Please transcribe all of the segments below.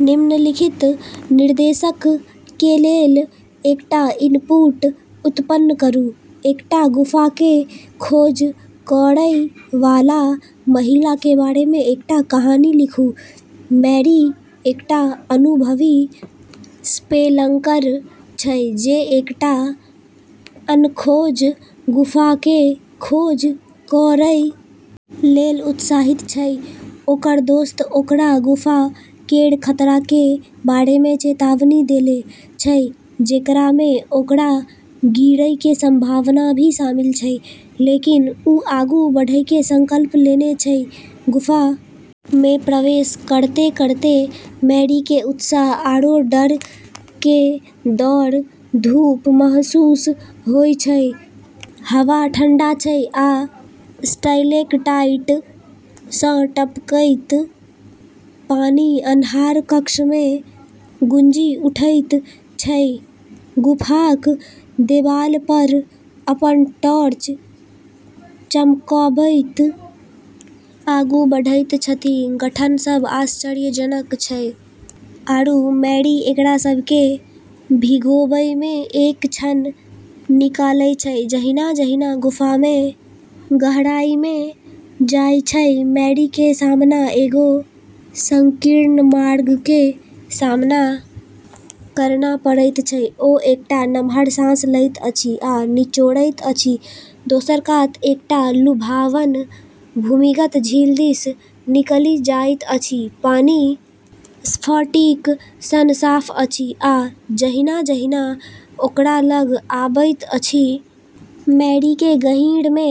निम्नलिखित निर्देशक कें लेल एकटा इनपुट उत्पन्न करूं, एकटा गुफा कें खोज करय वाला महिला कें बारे मे एकटा कहानी लिखूं मैरी एकटा अनुभवी स्पेलंकर छै जे एकटा अनखोज गुफा के खोज करय लेल उत्साहित छै ओकरऽ दोस्त ओकरा गुफा केरऽ खतरा के बारे मे चेतावनी देले छै जेकरा मे ओकरा गिरै के संभावना भी शामिल छै, लेकिन उ आगू बढ़ै के संकल्प लेनै छै, गुफा में प्रवेश करतें-करतें मैरी के उत्साह आरो डर के दौड़-धूप महसूस होय छै, हवा ठंडा छै आ स्टैलेक्टाइट सं टपकैत पानि अन्हार कक्ष में गूँजि उठैत छै, गुफाक देबाल पर अपन टॉर्च चमकबैत आगू बढ़ैत छथि, गठन सब आश्चर्यजनक छै आरू मैरी एकरा सब के भिगोबै में एक क्षण निकालै छै जहिना-जहिना गुफा में गहराई में जाय छै मैरी के सामना एगो संकीर्ण मार्ग के सामना करना पड़ै छै ओ एकटा नमहर साँस लैत अछि आ निचोड़ैत अछि, दोसर कात एकटा लुभावन भूमिगत झील दिस निकलि जाइत अछि, पानि स्फटिक सन साफ अछि आ जहिना-जहिना ओकरा लग अबैत अछि मैरी केँ गहींर मे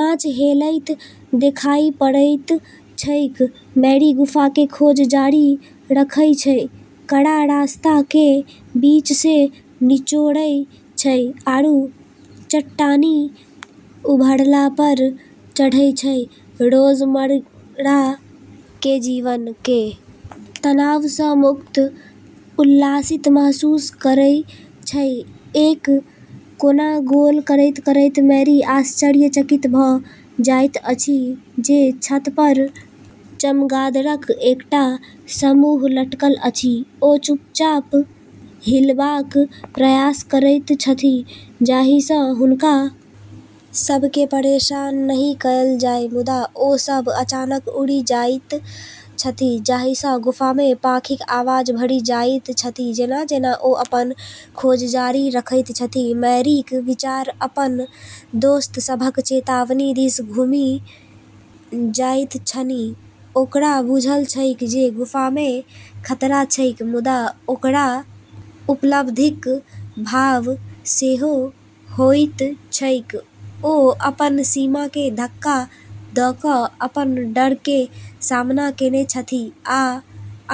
माछ हेलैत देखाइ पड़ैत छैक, मैरी गुफा के खोज जारी रखै छै, कड़ा रास्ता के बीच से निचोड़ै छै आरू चट्टानी उभरला पर चढ़ै छै, रोजमर्रा के जीवन के तनाव स मुक्त, उल्लासित महसूस करै छै, एक कोना गोल करैत-करैत मैरी आश्चर्यचकित भ' जाइत अछि जे छत पर चमगादड़क एकटा समूह लटकल अछि, ओ चुपचाप हिलबाक प्रयास करैत छथि जाहि सँ हुनका सभ केँ परेशान नहि कयल जाय मुदा ओ सभ अचानक उड़ि जाइत छथि, जाहि सँ गुफा मे पाँखिक आवाज भरि जाइत छथि, जेना-जेना ओ अपन खोज जारी रखैत छथि, मैरीक विचार अपन दोस्त सभक चेतावनी दिस घुमि जाइत छनि ओकरा बुझल छैक जे गुफा मे खतरा छैक मुदा ओकरा उपलब्धिक भाव सेहो होइत छैक, ओ अपन सीमा के धक्का द क अपन डर के सामना केने छथि आ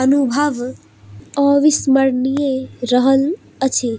अनुभव अविस्मरणीय रहल अछि।